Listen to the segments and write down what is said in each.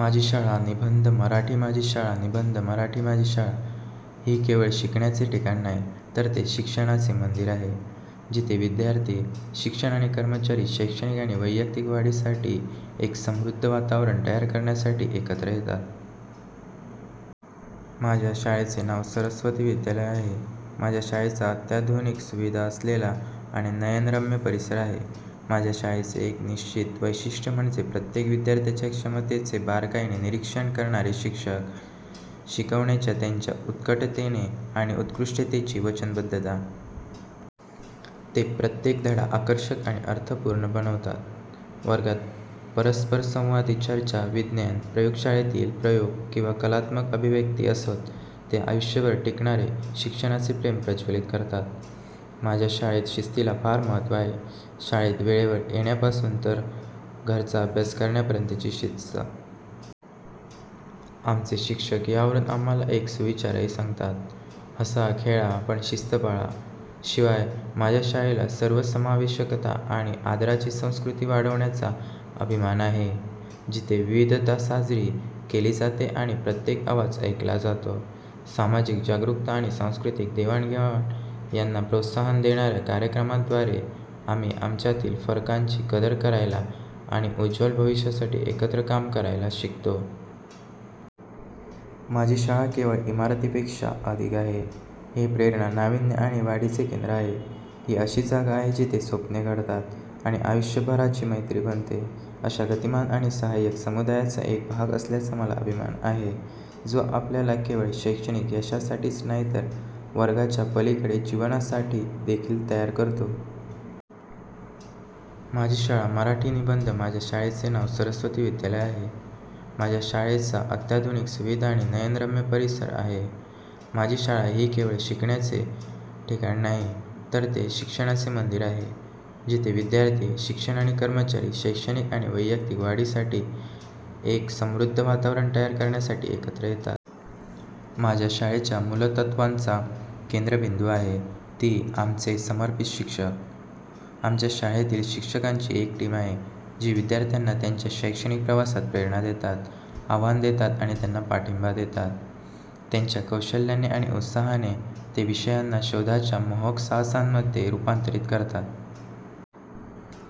माझी शाळा निबंध मराठी माझी शाळा निबंध मराठी माझी शाळा ही केवळ शिकण्याचे ठिकाण नाही, तर ते शिक्षणाचे मंदिर आहे, जिथे विद्यार्थी, शिक्षक आणि कर्मचारी शैक्षणिक आणि वैयक्तिक वाढीसाठी एक समृद्ध वातावरण तयार करण्यासाठी एकत्र येतात. माझ्या शाळेचे नाव सरस्वती विद्यालय आहे, माझ्या शाळेचा अत्याधुनिक सुविधा असलेला आणि नयनरम्य परिसर आहे. माझ्या शाळेचे एक निश्चित वैशिष्ट्य म्हणजे प्रत्येक विद्यार्थ्याच्या क्षमतेचे बारकाईने निरीक्षण करणारे शिक्षक. शिकवण्याच्या त्यांच्या उत्कटतेने आणि उत्कृष्टतेची वचनबद्धता. ते प्रत्येक धडा आकर्षक आणि अर्थपूर्ण बनवतात. वर्गात परस्परसंवादी चर्चा, विज्ञान प्रयोगशाळेतील प्रयोग किंवा कलात्मक अभिव्यक्ती असोत, ते आयुष्यभर टिकणारे शिक्षणाचे प्रेम प्रज्वलित करतात. माझ्या शाळेत शिस्तीला फार महत्त्व आहे, शाळेत वेळेवर येण्यापासून तर घरचा अभ्यास करण्यापर्यंतची शिस्त. आमचे शिक्षक यावरून आम्हाला एक सुविचारही सांगतात, हसा खेळा पण शिस्त पाळा. शिवाय, माझ्या शाळेला सर्वसमावेशकता आणि आदराची संस्कृती वाढवण्याचा अभिमान आहे, जिथे विविधता साजरी केली जाते आणि प्रत्येक आवाज ऐकला जातो. सामाजिक जागरूकता आणि सांस्कृतिक देवाणघेवाण यांना प्रोत्साहन देणाऱ्या कार्यक्रमांद्वारे, आम्ही आमच्यातील फरकांची कदर करायला आणि उज्वल भविष्यासाठी एकत्र काम करायला शिकतो. माझी शाळा केवळ इमारतीपेक्षा अधिक आहे, हे प्रेरणा, नावीन्य आणि वाढीचे केंद्र आहे. ही अशी जागा आहे जिथे स्वप्ने घडतात आणि आयुष्यभराची मैत्री बनते. अशा गतिमान आणि सहाय्यक समुदायाचा एक भाग असल्याचा मला अभिमान आहे जो आपल्याला केवळ शैक्षणिक यशासाठीच नाही तर वर्गाच्या पलीकडे जीवनासाठी देखील तयार करतो. माझी शाळा मराठी निबंध माझ्या शाळेचे नाव सरस्वती विद्यालय आहे, माझ्या शाळेचा अत्याधुनिक सुविधा आणि नयनरम्य परिसर आहे. माझी शाळा ही केवळ शिकण्याचे ठिकाण नाही, तर ते शिक्षणाचे मंदिर आहे, जिथे विद्यार्थी, शिक्षक आणि कर्मचारी शैक्षणिक आणि वैयक्तिक वाढीसाठी एक समृद्ध वातावरण तयार करण्यासाठी एकत्र येतात. माझ्या शाळेच्या मूलतत्त्वाचा केंद्रबिंदू आहे ती आमचे समर्पित शिक्षक, आमच्या शाळेतील शिक्षकांची एक टीम आहे, जी विद्यार्थ्यांना त्यांच्या शैक्षणिक प्रवासात प्रेरणा देतात, आव्हान देतात आणि त्यांना पाठिंबा देतात. त्यांच्या कौशल्याने आणि उत्साहाने ते विषयांना शोधाच्या मोहक साहसांमध्ये रूपांतरित करतात.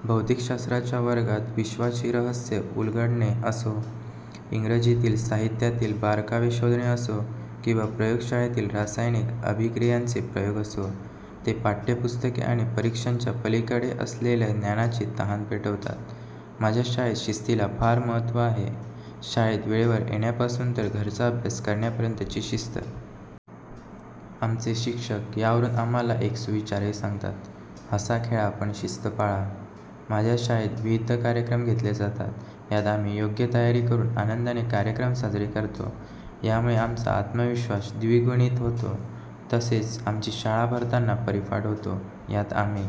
भौतिकशास्त्राच्या वर्गात विश्वाची रहस्ये उलगडणे असो, इंग्रजीतील साहित्यातील बारकावे शोधणे असो किंवा प्रयोगशाळेतील रासायनिक अभिक्रियांचे प्रयोग असो, ते पाठ्यपुस्तके आणि परीक्षांच्या पलीकडे असलेल्या ज्ञानाची तहान पेटवतात. माझ्या शाळेत शिस्तीला फार महत्त्व आहे, शाळेत वेळेवर येण्यापासून तर घरचा अभ्यास करण्यापर्यंतची शिस्त. आमचे शिक्षक यावरून आम्हाला एक सुविचारही सांगतात, हसा खेळा पण शिस्त पाळा. माझ्या शाळेत विविध कार्यक्रम घेतले जातात, यात आम्ही योग्य तयारी करून आनंदाने कार्यक्रम साजरे करतो, यामुळे आमचा आत्मविश्वास द्विगुणित होतो. तसेच आमची शाळा भरतांना परिपाठ होतो, यात आम्ही